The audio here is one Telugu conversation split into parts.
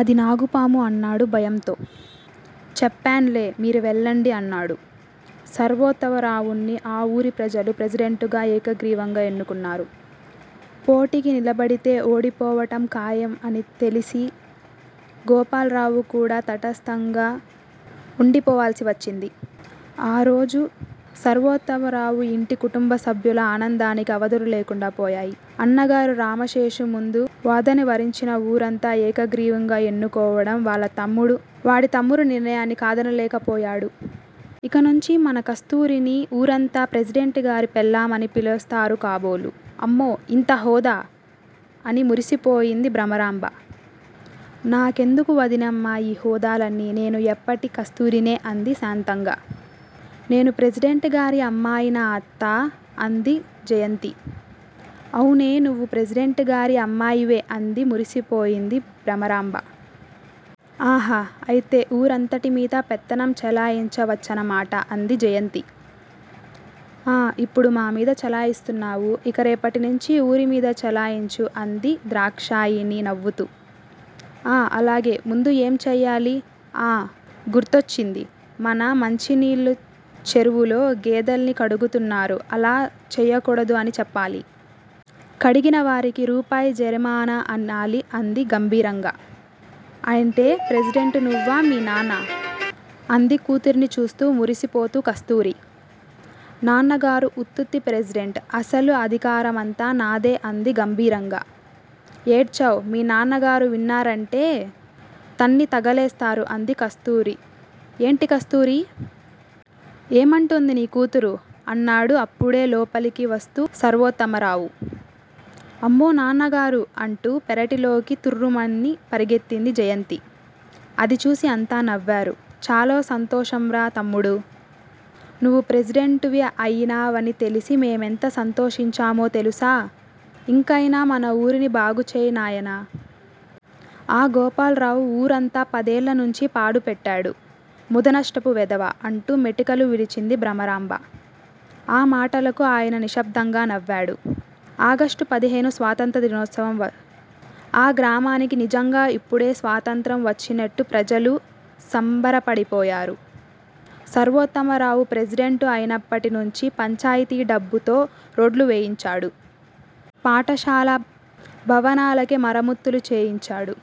అది నాగుపాము అన్నాడు భయంతో. చెప్పన్లే! మీరు వెళ్ళండి అన్నాడు. సర్వోత్తమరావుని ఆ వూరి ప్రజలు ప్రెసిడెంటుగా ఏకగ్రీవంగా ఎన్నుకున్నారు. పోటికి నిలబడితే ఓడిపోవటం ఖాయమని తెలిసి గోపాలరావు కూడా తటస్థంగా వుండిపోవాల్సి వచ్చింది. ఆరోజు సర్వోత్తమరావు ఇంట్లో కుటుంబసభ్యుల ఆనందానికి అవధులులేకుండా పోయాయి. అన్నగారు రామశేషు ముందు వద్దని వారించినా ఊరంతా ఏకగ్రీవంగా ఎన్నుకోవడం వడి తమ్ముడి నిర్ణయాన్ని కాదనలేకపోయాడు. ఇక నుంచి మన కస్తూరిని ఊరంతా ప్రెసిడెంటుగారి పెళ్ళాం అని పిలుస్తారు కాబోలు! అమ్మో ఎంత హోదా! అని మురిసిపోయింది భ్రమరాంబ. నాకెందుకు వదినమ్మా ఈ హోదాలన్నీ నేను ఎప్పటి కస్తురినే అంది శాంతంగా. నేను ప్రెసిడెంటుగారి అమ్మాయినా అత్తా?! అంది జయంతి. అవునే నువ్వు ప్రెసిడెంటుగారి అమ్మాయివే అని మురిసిపోయింది భ్రమరాంబ. ఆహా! అయితే ఊరంతటిమీద పెత్తనం చెలాయించవచ్చునమాట అంది జయంతి. ఆ ఇప్పుడు మామీద చెలాయిస్తున్నావు. ఇక రేపటినుంచి ఊరుమీద చెలాయించు అంది దాక్షాయణి నవ్వుతూ. ఆ అలాగే, ముందు ఏం చేయాలి? ఆ! గుర్తొచ్చింది. మన మంచినీళ్ళ చెరువులో గేదెల్ని కడుగుతున్నారు. అలా కడగొద్దు అని చెప్పాలి. కడిగిన వారికీ రూపాయి జరిమానా అనాలి అంది గంభీరంగా. ఏంటే! ప్రెసిడెంటునువ్వా, మీ నాన్నా? అంది కూతుర్ని చూసి మురిసిపోతూ కస్తూరి. నాన్నగారు ఉత్తిత్తి ప్రెసిడెంట్ అసలు అధికారమంతా నాదే అంది గంభీరంగా. ఏడ్చావ్! మీ నాన్నగారు విన్నారంటే తన్ని తగలేస్తారు అంది కస్తూరి. ఏంటి కస్తూరి! ఏమంటుంది నీ కూతురు? అన్నాడు అప్పుడే లోపలికి వస్తూ సర్వోత్తమరావు. అమ్మో! నాన్నగారు అంటూ పెరట్లోకి తుర్రుమని పరుగెత్తింది జయంతి. అది చూసి అంతా నవ్వారు. చాలా సంతోషంరా తమ్ముడూ. నువ్వు ప్రెసిడెంటువి అయ్యావని తెలిసి మేము ఎంత సంతోషిస్తున్నామో తెలుసా? ఇకనైనా మన ఊరు బాగుచేయి నాయనా. ఆ గోపాలరావు ఊరంతా పదేళ్ళనుంచి పాడు పెట్టాడు. ముదనష్టపు వెధవ అంటూ మెటికలు విరిచింది భ్రమరాంబ. ఆ మాటలకు అయన నిశ్శబ్దంగా నవ్వాడు. ఆగస్టు పదిహేను స్వాతంత్ర్య దినోత్సవం. ఆ గ్రామానికి నిజంగా ఇప్పుడే స్వాతంత్ర్యం వచ్చినట్లు ప్రజలు సంబరపడిపోయారు. సర్వోత్తమరావు ప్రెసిడెంటు అయినప్పటి నుంచి పంచాయితీ డబ్బుతో రోడ్లు వేయించాడు. పాఠశాల భవనానికి మరమత్తులు చేయించాడు.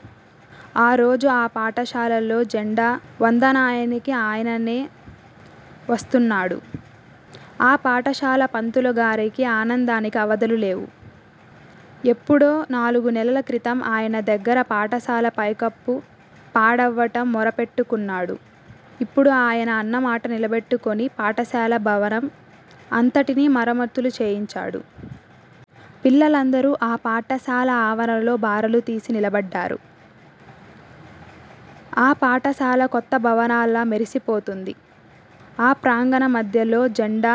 ఆరోజు ఆ పాఠశాలలో జెండా వందనానికి ఆయనే వస్తున్నాడు. ఆ పాఠశాల పంతులుగారి ఆనందానికి అవధుల్లేవు. ఎప్పుడో నాలుగు నెలల క్రితం అయన దగ్గిర పాఠశాల పైకప్పు పాడవటం మొరపెట్టుకున్నాడు. ఇప్పుడు అయన అన్నమాట నిలబెట్టుకుని పాఠశాల భవనం అంతటిని మరమత్తులు చేయించాడు. పిల్లలందరూ ఆ పాఠశాల ఆవరణలో బారులుతీసి నిలబడ్డారు. ఆ పాఠశాల కొత్త భవనంలా మెరిసిపోతోంది. ఆ ప్రాంగణం మధ్యలో జెండా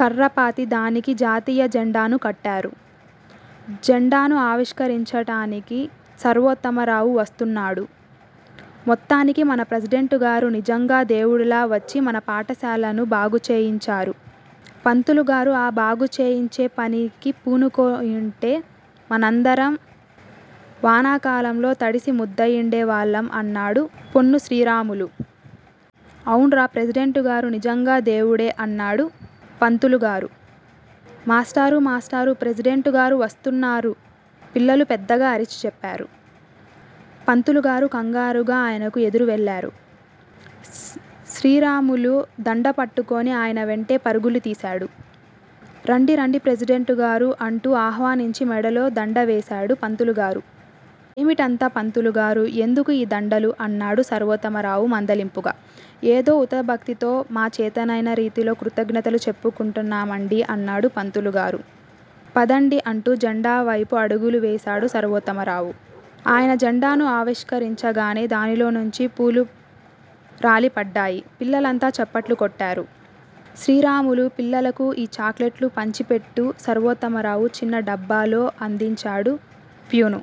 కర్రపాతి దానికి జాతీయజెండాను కట్టారు. జెండాను ఆవిష్కరించటానికి సర్వోత్తమరావు వస్తున్నాడు. మొత్తానికి మన ప్రెసిడెంటుగారు నిజంగా దేవుడిలా వచ్చి మన పాఠశాలను బాగుచేయించారు, పంతులుగారు ఆ బాగుచేయించే పనికి పునుకోనట్లయితే మనందరం వానాకాలంలో తడిసి ముద్దయియుడేవాళ్ళం అన్నాడు ఫ్యూను శ్రీరాములు. అవున్రా! ప్రెసిడెంటుగారు నిజంగా దేవుడే అన్నాడు పంతులుగారు. మాస్టారు మాస్టారు! ప్రెసిడెంటుగారు వస్తున్నారు పిల్లలు పెద్దగా అరిచి చెప్పారు. పంతులుగారు కంగారుగా ఆయనకు ఎదురు వెళ్ళారు, శ్రీరాములు దండపట్టుకుని అయన వెంటే పరుగుతీశాడు. రండి రండి ప్రెసిడెంటుగారూ అంటూ ఆహ్వానించి మెడలో దండ వేశాడు పంతులుగారు. ఏంటిదంతా పంతులుగారు ఎందుకు ఈ దండలు? అన్నాడు సర్వోత్తమరావు మందలింపుగా. ఏదో ఉడతాభక్తితో మా చేతనైన రీతిలో కృతజ్ఞతలు చెప్పుకుంటున్నామండి అన్నాడు పంతులుగారు. పదండి అంటూ జెండావేపు అడుగులు వేశాడు సర్వోత్తమరావు. అయన జెండాను ఆవిష్కరించగానే దాన్లోనుంచి పూలురాలిపడ్డాయి. పిల్లలంతా చప్పట్లు కొట్టారు. శ్రీరాములు! పిల్లలకు ఈ చాక్లెట్లు పంచిపెట్టు సర్వోత్తమరావు చిన్న డబ్బా అందించాడు. ఫ్యూను